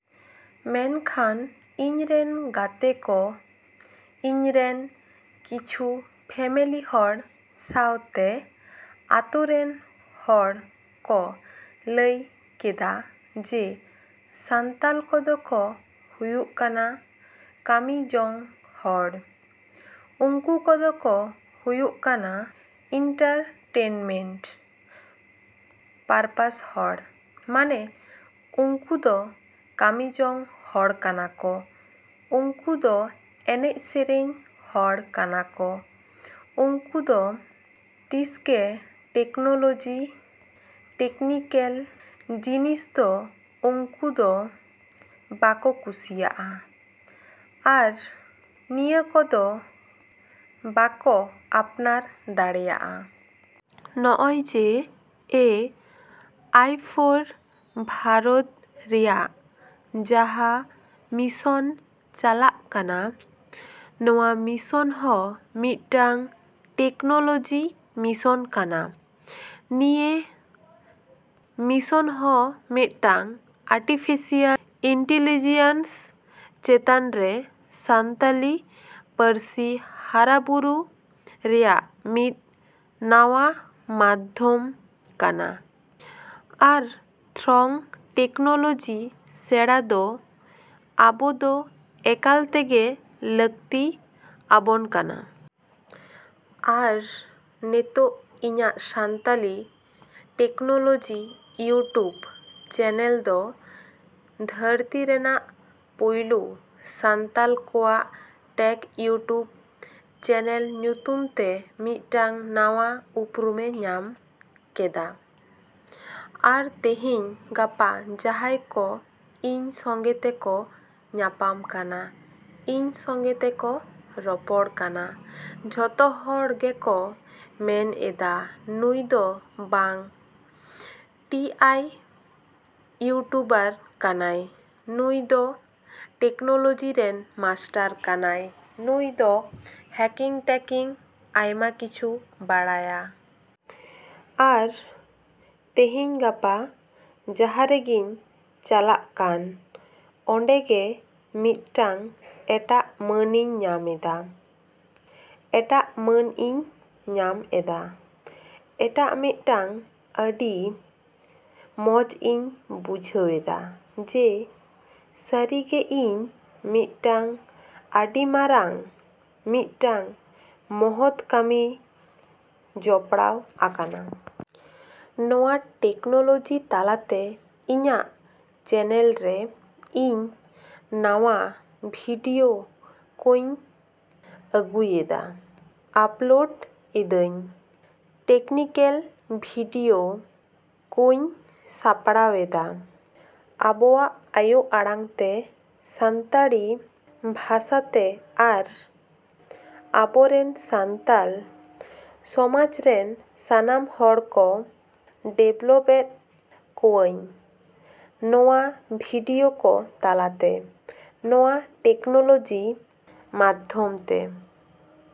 ᱢᱮᱱᱠᱷᱟᱱ ᱤᱧ ᱨᱮᱱ ᱜᱟᱛᱮ ᱠᱚ, ᱤᱧᱨᱮᱱ ᱠᱤᱪᱷᱩ ᱯᱷᱮᱢᱮᱞᱤ ᱦᱚᱲ ᱥᱟᱶᱛᱮ ᱟᱹᱛᱩ ᱨᱮᱱ ᱦᱚᱲ ᱠᱚ ᱞᱟᱹᱭ ᱠᱮᱫᱟ ᱡᱮ ᱥᱟᱱᱛᱟᱞ ᱠᱚᱫᱚ ᱠᱚ ᱦᱩᱭᱩᱜ ᱠᱟᱱᱟ ᱠᱟᱹᱢᱤ ᱡᱚᱝ ᱦᱚᱲ, ᱱᱩᱠᱩ ᱫᱚᱠᱚ ᱦᱩᱭᱩᱜ ᱠᱟᱱᱟ ᱤᱱᱴᱟᱨᱴᱮᱱᱢᱮᱱᱴ ᱯᱟᱨᱯᱟᱥ ᱦᱚᱲ᱾ ᱢᱟᱱᱮ ᱩᱱᱠᱩ ᱫᱚ ᱠᱟᱹᱢᱤ ᱡᱚᱝ ᱦᱚᱲ ᱠᱟᱱᱟ ᱠᱚ, ᱱᱩᱠᱩ ᱫᱚ ᱮᱱᱮᱡ ᱥᱮᱨᱮᱧ ᱦᱚᱲ ᱠᱟᱱᱟ ᱠᱚ, ᱱᱩᱠᱩ ᱫᱚ ᱛᱤᱸᱥᱜᱮ ᱴᱮᱠᱱᱳᱞᱚᱡᱤ, ᱴᱮᱠᱱᱤᱠᱮᱞ ᱡᱤᱱᱤᱥ ᱫᱚ ᱱᱩᱠᱩ ᱫᱚ ᱵᱟᱠᱚ ᱠᱩᱥᱤᱭᱟᱜᱼᱟ ᱟᱨ ᱱᱤᱭᱟᱹ ᱠᱚᱫᱚ ᱵᱟᱠᱚ ᱟᱯᱱᱟᱨ ᱫᱟᱲᱮᱭᱟᱜᱼᱟ᱾ ᱱᱚᱜᱼᱚᱭ ᱡᱮ ᱮ ᱟᱭ ᱯᱷᱳᱨ ᱵᱷᱟᱨᱚᱛ ᱨᱮᱭᱟᱜ ᱡᱟᱦᱟᱸ ᱢᱤᱥᱚᱱ ᱪᱟᱞᱟᱜ ᱠᱟᱱᱟ, ᱱᱚᱣᱟ ᱢᱤᱥᱚᱱ ᱦᱚᱸ ᱢᱤᱫᱴᱟᱹᱝ ᱴᱮᱠᱱᱳᱞᱚᱡᱤ ᱢᱤᱥᱚᱱ ᱠᱟᱱᱟ᱾ ᱱᱤᱭᱟᱹ ᱢᱤᱥᱚᱱ ᱦᱚᱸ ᱢᱤᱫᱴᱟᱹᱝ ᱟᱨᱴᱤᱯᱷᱤᱥᱤᱭᱟᱞ ᱤᱱᱴᱤᱞᱤᱡᱤᱭᱟᱱᱥ ᱪᱮᱛᱟᱱᱨᱮ ᱥᱟᱱᱛᱟᱞᱤ ᱯᱟᱹᱨᱥᱤ ᱦᱟᱨᱟ ᱵᱩᱨᱩ ᱨᱮᱱᱟᱜ ᱢᱤᱫ ᱱᱟᱣᱟ ᱢᱟᱫᱽᱫᱷᱚᱢ ᱠᱟᱱᱟ ᱟᱨ ᱛᱷᱚᱨᱚᱝ ᱴᱮᱠᱱᱳᱞᱚᱡᱤ ᱥᱮᱸᱲᱟ ᱫᱚ ᱟᱵᱚ ᱫᱚ ᱮᱠᱟᱞ ᱛᱮᱜᱮ ᱞᱟᱹᱠᱛᱤ ᱟᱵᱚᱱ ᱠᱟᱱᱟ᱾ ᱟᱨ ᱱᱤᱛᱚᱜ ᱤᱧᱟᱹᱜ ᱥᱟᱱᱛᱟᱞᱤ ᱴᱮᱠᱱᱳᱞᱚᱡᱤ ᱤᱭᱩᱴᱩᱵᱽ ᱪᱮᱱᱮᱞ ᱫᱚ ᱫᱷᱟᱹᱨᱛᱤ ᱨᱮᱱᱟᱜ ᱯᱩᱭᱞᱟᱹ ᱥᱟᱱᱛᱟᱞ ᱠᱚᱣᱟᱜ ᱴᱮᱠ ᱤᱭᱩᱴᱩᱵ ᱪᱮᱱᱮᱞ ᱧᱩᱛᱩᱢ ᱛᱮ ᱢᱤᱫᱴᱟᱹᱝ ᱱᱟᱣᱟ ᱩᱯᱨᱩᱢ ᱮ ᱧᱟᱢ ᱠᱮᱫᱟ᱾ ᱟᱨ ᱛᱮᱦᱤᱧ ᱜᱟᱯᱟ ᱡᱟᱦᱟᱸᱭ ᱠᱚ ᱤᱧ ᱥᱟᱛᱮᱜ ᱠᱚ ᱧᱟᱯᱟᱢᱚᱜ ᱠᱟᱱᱟ, ᱤᱧ ᱥᱟᱛᱮᱜ ᱠᱚ ᱨᱚᱯᱚᱲ ᱠᱟᱱᱟ, ᱡᱚᱛᱚ ᱦᱚᱲ ᱜᱮᱠᱚ ᱢᱮᱱ ᱮᱫᱟ, ""ᱱᱩᱭ ᱫᱚ ᱵᱟᱝ ᱴᱤ ᱟᱭ ᱤᱭᱩᱴᱩᱵᱟᱨ ᱠᱟᱱᱟᱭ, ᱱᱩᱭ ᱫᱚ ᱴᱮᱠᱱᱳᱞᱚᱡᱤ ᱨᱮᱱ ᱢᱟᱥᱴᱟᱨ ᱠᱟᱱᱟᱭ, ᱱᱩᱭ ᱫᱚ ᱦᱮᱠᱤᱝ ᱴᱮᱠᱤᱝ ᱟᱭᱢᱟ ᱠᱤᱪᱷᱩ ᱵᱟᱲᱟᱭᱟ᱾"" ᱟᱨ ᱛᱮᱦᱤᱧ ᱜᱟᱯᱟ ᱡᱟᱦᱟᱸ ᱨᱮᱜᱤᱧ ᱪᱟᱞᱟᱜ ᱠᱟᱱ ᱚᱰᱮ ᱜᱮ ᱢᱤᱫᱴᱟᱹᱝ ᱮᱴᱟᱜ ᱢᱟᱱᱤᱧ ᱧᱟᱢᱫᱟ, ᱮᱴᱟᱜ ᱢᱟᱹᱱ ᱤᱧ ᱧᱟᱢ ᱮᱫᱟ, ᱮᱴᱟᱜ ᱢᱤᱫᱴᱟᱹᱝ ᱟᱹᱰᱤ ᱢᱚᱸᱡ ᱤᱧ ᱵᱩᱡᱷᱟᱹᱣᱮᱫᱟ ᱡᱮ ᱥᱟᱹᱨᱤᱜᱮ ᱤᱧ ᱢᱤᱫᱴᱟᱹᱝ ᱟᱹᱰᱤ ᱢᱟᱨᱟᱝ ᱢᱤᱫᱴᱟᱹᱝ ᱢᱚᱦᱚᱛ ᱠᱟᱹᱢᱤᱨᱤᱧ ᱡᱚᱯᱲᱟᱣ ᱟᱠᱟᱱᱟ᱾ ᱱᱚᱣᱟ ᱴᱮᱠᱱᱳᱞᱚᱡᱤ ᱛᱟᱞᱟᱛᱮ ᱤᱧᱟᱹᱜ ᱪᱮᱱᱮᱞ ᱨᱮ ᱤᱧ ᱱᱟᱣᱟ ᱵᱷᱤᱰᱭᱳ ᱠᱚᱸᱧ ᱟᱹᱜᱩᱭᱮᱫᱟ, ᱟᱯᱞᱳᱰ ᱮᱫᱟᱹᱧ, ᱴᱮᱠᱱᱤᱠᱮᱞ ᱵᱷᱤᱰᱤᱭᱳ ᱠᱚᱸᱧ ᱥᱟᱯᱲᱟᱣ ᱮᱫᱟ ᱟᱵᱚᱣᱟᱜ ᱟᱭᱳ ᱟᱲᱟᱝᱛᱮ, ᱥᱟᱱᱛᱟᱲᱤ ᱵᱷᱟᱥᱟᱛᱮ ᱟᱨ ᱟᱵᱚ ᱨᱮᱱ ᱥᱟᱱᱛᱟᱞ ᱥᱚᱢᱟᱡᱽ ᱨᱮᱱ ᱥᱟᱱᱟᱢ ᱦᱚᱲ ᱠᱚ ᱰᱮᱵᱷᱞᱚᱯ ᱮᱫ ᱠᱚᱣᱟᱹᱧ ᱱᱚᱣᱟ ᱵᱷᱤᱰᱭᱳ ᱠᱚ ᱛᱟᱞᱟᱛᱮ, ᱱᱚᱣᱟ ᱴᱮᱠᱱᱳᱞᱚᱡᱤ ᱢᱟᱫᱽᱫᱷᱚᱢᱛᱮ᱾